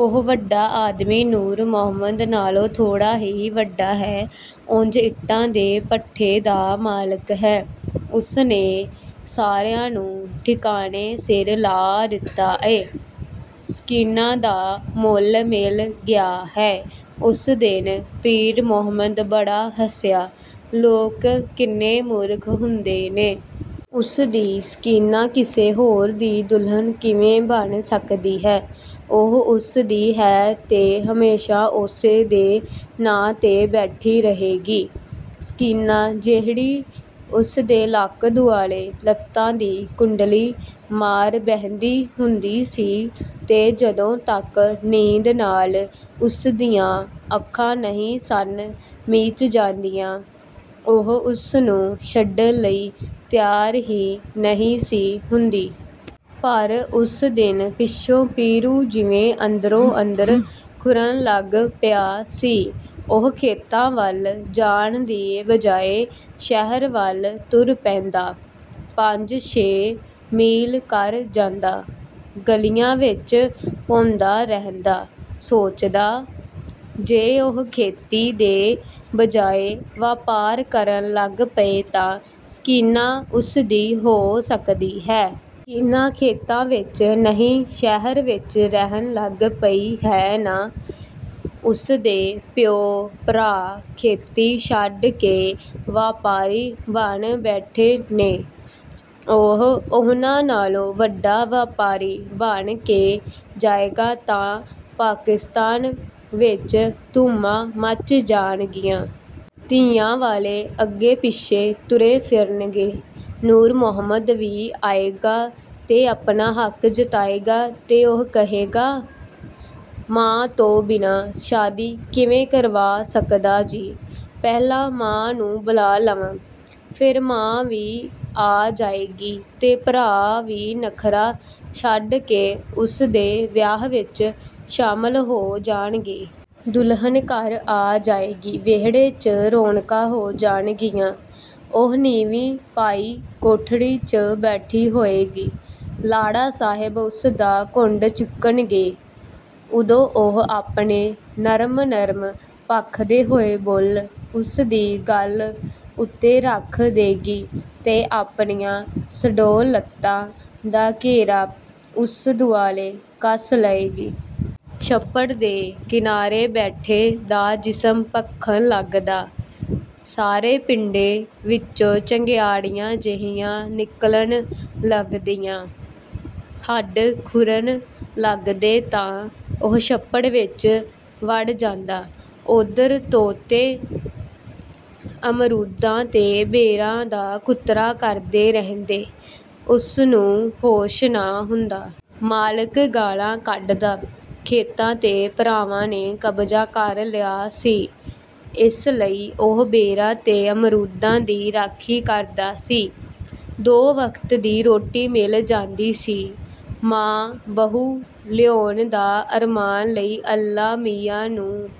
ਉਹ ਵੱਡਾ ਆਦਮੀ ਨੂਰ ਮੁਹੰਮਦ ਨਾਲੋਂ ਥੋੜ੍ਹਾ ਹੀ ਵੱਡਾ ਹੈ। ਉਂਜ ਇੱਟਾਂ ਦੇ ਭੱਠੇ ਦਾ ਮਾਲਕ ਹੈ। ਉਸਨੇ ਸਾਰਿਆਂ ਨੂੰ ਠਿਕਾਣੇ ਸਿਰ ਲਾ ਦਿੱਤਾ ਏ। ਸਕੀਨਾ ਦਾ ਮੁੱਲ ਮਿਲ ਗਿਆ ਹੈ। ਉਸ ਦਿਨ ਪੀਰ ਮੁਹੰਮਦ ਬੜਾ ਹੱਸਿਆ, ਲੋਕ ਕਿੰਨੇ ਮੂਰਖ ਹੁੰਦੇ ਨੇ। ਉਸਦੀ ਸਕੀਨਾ ਕਿਸੇ ਹੋਰ ਦੀ ਦੁਲਹਨ ਕਿਵੇਂ ਬਣ ਸਕਦੀ ਹੈ। ਉਹ ਉਸਦੀ ਹੈ ਤੇ ਹਮੇਸ਼ਾ ਉਸੇ ਦੇ ਨਾਂ 'ਤੇ ਬੈਠੀ ਰਹੇਗੀ। ਸਕੀਨਾ ਜਿਹੜੀ ਉਸਦੇ ਲੱਕ ਦੁਆਲੇ ਲੱਤਾਂ ਦੀ ਕੁੰਡਲੀ ਮਾਰ ਬਹਿੰਦੀ ਹੁੰਦੀ ਸੀ ਤੇ ਜਦੋਂ ਤੱਕ ਨੀਂਦ ਨਾਲ ਉਸਦੀਆਂ ਅੱਖਾਂ ਨਹੀਂ ਸਨ ਮੀਚ ਜਾਂਦੀਆਂ, ਉਹ ਉਸਨੂੰ ਛੱਡਣ ਲਈ ਤਿਆਰ ਹੀ ਨਹੀਂ ਸੀ ਹੁੰਦੀ। ਪਰ ਉਸ ਦਿਨ ਪਿੱਛੋਂ ਪੀਰੂ ਜਿਵੇਂ ਅੰਦਰੋਂ ਅੰਦਰ ਖੁਰਨ ਲੱਗ ਪਿਆ ਸੀ। ਉਹ ਖੇਤਾਂ ਵੱਲ ਜਾਣ ਦੀ ਬਜਾਏ ਸ਼ਹਿਰ ਵੱਲ ਤੁਰ ਪੈਂਦਾ। ਪੰਜ-ਛੇ ਮੀਲ ਕਰ ਜਾਂਦਾ। ਗਲੀਆਂ ਵਿੱਚ ਭੌਂਦਾ ਰਹਿੰਦਾ। ਸੋਚਦਾ, ਜੇ ਉਹ ਖੇਤੀ ਦੇ ਬਜਾਏ ਵਪਾਰ ਕਰਨ ਲੱਗ ਪਏ ਤਾਂ ਸਕੀਨਾ ਉਸਦੀ ਹੋ ਸਕਦੀ ਹੈ। ਸਕੀਨਾ ਖੇਤਾਂ ਵਿੱਚ ਨਹੀਂ ਸ਼ਹਿਰ ਵਿੱਚ ਰਹਿਣ ਲੱਗ ਪਈ ਹੈ ਨਾ। ਉਸਦੇ ਪਿਓ-ਭਰਾ ਖੇਤੀ ਛੱਡ ਕੇ ਵਪਾਰੀ ਬਣ ਬੈਠੇ ਨੇ। ਉਹ ਉਹਨਾਂ ਨਾਲੋਂ ਵੱਡਾ ਵਪਾਰੀ ਬਣ ਕੇ ਜਾਏਗਾ ਤਾਂ ਪਾਕਿਸਤਾਨ ਵਿੱਚ ਧੂਮਾਂ ਮੱਚ ਜਾਣਗੀਆਂ। ਧੀਆਂ ਵਾਲੇ ਅੱਗੇ-ਪਿੱਛੇ ਤੁਰੇ ਫਿਰਨਗੇ। ਨੂਰ ਮੁਹੰਮਦ ਵੀ ਆਏਗਾ ਤੇ ਆਪਣਾ ਹੱਕ ਜਤਾਏਗਾ ਤੇ ਉਹ ਕਹੇਗਾ,"ਮਾਂ ਤੋਂ ਬਿਨਾਂ ਸ਼ਾਦੀ ਕਿਵੇਂ ਕਰਵਾ ਸਕਦਾਂ ਜੀ, ਪਹਿਲਾਂ ਮਾਂ ਨੂੰ ਬੁਲਾ ਲਵਾਂ।"ਫਿਰ ਮਾਂ ਵੀ ਆ ਜਾਏਗੀ ਤੇ ਭਰਾ ਵੀ ਨਖ਼ਰਾ ਛੱਡ ਕੇ ਉਸਦੇ ਵਿਆਹ ਵਿੱਚ ਸ਼ਾਮਲ ਹੋ ਜਾਣਗੇ। ਦੁਲਹਨ ਘਰ ਆ ਜਾਏਗੀ। ਵਿਹੜੇ 'ਚ ਰੌਣਕਾਂ ਹੋ ਜਾਣਗੀਆਂ। ਉਹ ਨੀਵੀਂ ਪਾਈ ਕੋਠੜੀ 'ਚ ਬੈਠੀ ਹੋਏਗੀ। ਲਾੜਾ ਸਾਹਿਬ ਉਸਦਾ ਘੁੰਡ ਚੁੱਕਣਗੇ। ਉਦੋਂ ਉਹ ਆਪਣੇ ਨਰਮ-ਨਰਮ ਭਖਦੇ ਹੋਏ ਬੁੱਲ੍ਹ ਉਸਦੀ ਗੱਲ੍ਹ ਉੱਤੇ ਰੱਖ ਦੇਗੀ ਤੇ ਆਪਣੀਆਂ ਸੁਡੌਲ ਲੱਤਾਂ ਦਾ ਘੇਰਾ ਉਸ ਦੁਆਲੇ ਕੱਸ ਲਏਗੀ। ਛੱਪੜ ਦੇ ਕਿਨਾਰੇ ਬੈਠੇ ਦਾ ਜਿਸਮ ਭਖਣ ਲੱਗਦਾ, ਸਾਰੇ ਪਿੰਡੇ ਵਿੱਚੋਂ ਚੰਗਿਆੜੀਆਂ ਜਿਹੀਆਂ ਨਿਕਲਣ ਲੱਗਦੀਆਂ, ਹੱਡ ਖੁਰਨ ਲੱਗਦੇ ਤਾਂ ਉਹ ਛੱਪੜ ਵਿੱਚ ਵੜ ਜਾਂਦਾ। ਉਧਰ ਤੋਤੇ ਅਮਰੂਦਾਂ ਤੇ ਬੇਰਾਂ ਦਾ ਕੁਤਰਾ ਕਰਦੇ ਰਹਿੰਦੇ, ਉਸ ਨੂੰ ਹੋਸ਼ ਨਾ ਹੁੰਦਾ। ਮਾਲਕ ਗਾਲ੍ਹਾਂ ਕੱਢਦਾ। ਖੇਤਾਂ 'ਤੇ ਭਰਾਵਾਂ ਨੇ ਕਬਜ਼ਾ ਕਰ ਲਿਆ ਸੀ, ਇਸ ਲਈ ਉਹ ਬੇਰਾਂ ਤੇ ਅਮਰੂਦਾਂ ਦੀ ਰਾਖੀ ਕਰਦਾ ਸੀ। ਦੋ ਵਕਤ ਦੀ ਰੋਟੀ ਮਿਲ ਜਾਂਦੀ ਸੀ। ਮਾਂ, ਬਹੂ ਲਿਆਉਣ ਦਾ ਅਰਮਾਨ ਲਈ ਅੱਲਾ ਮੀਆਂ ਨੂੰ।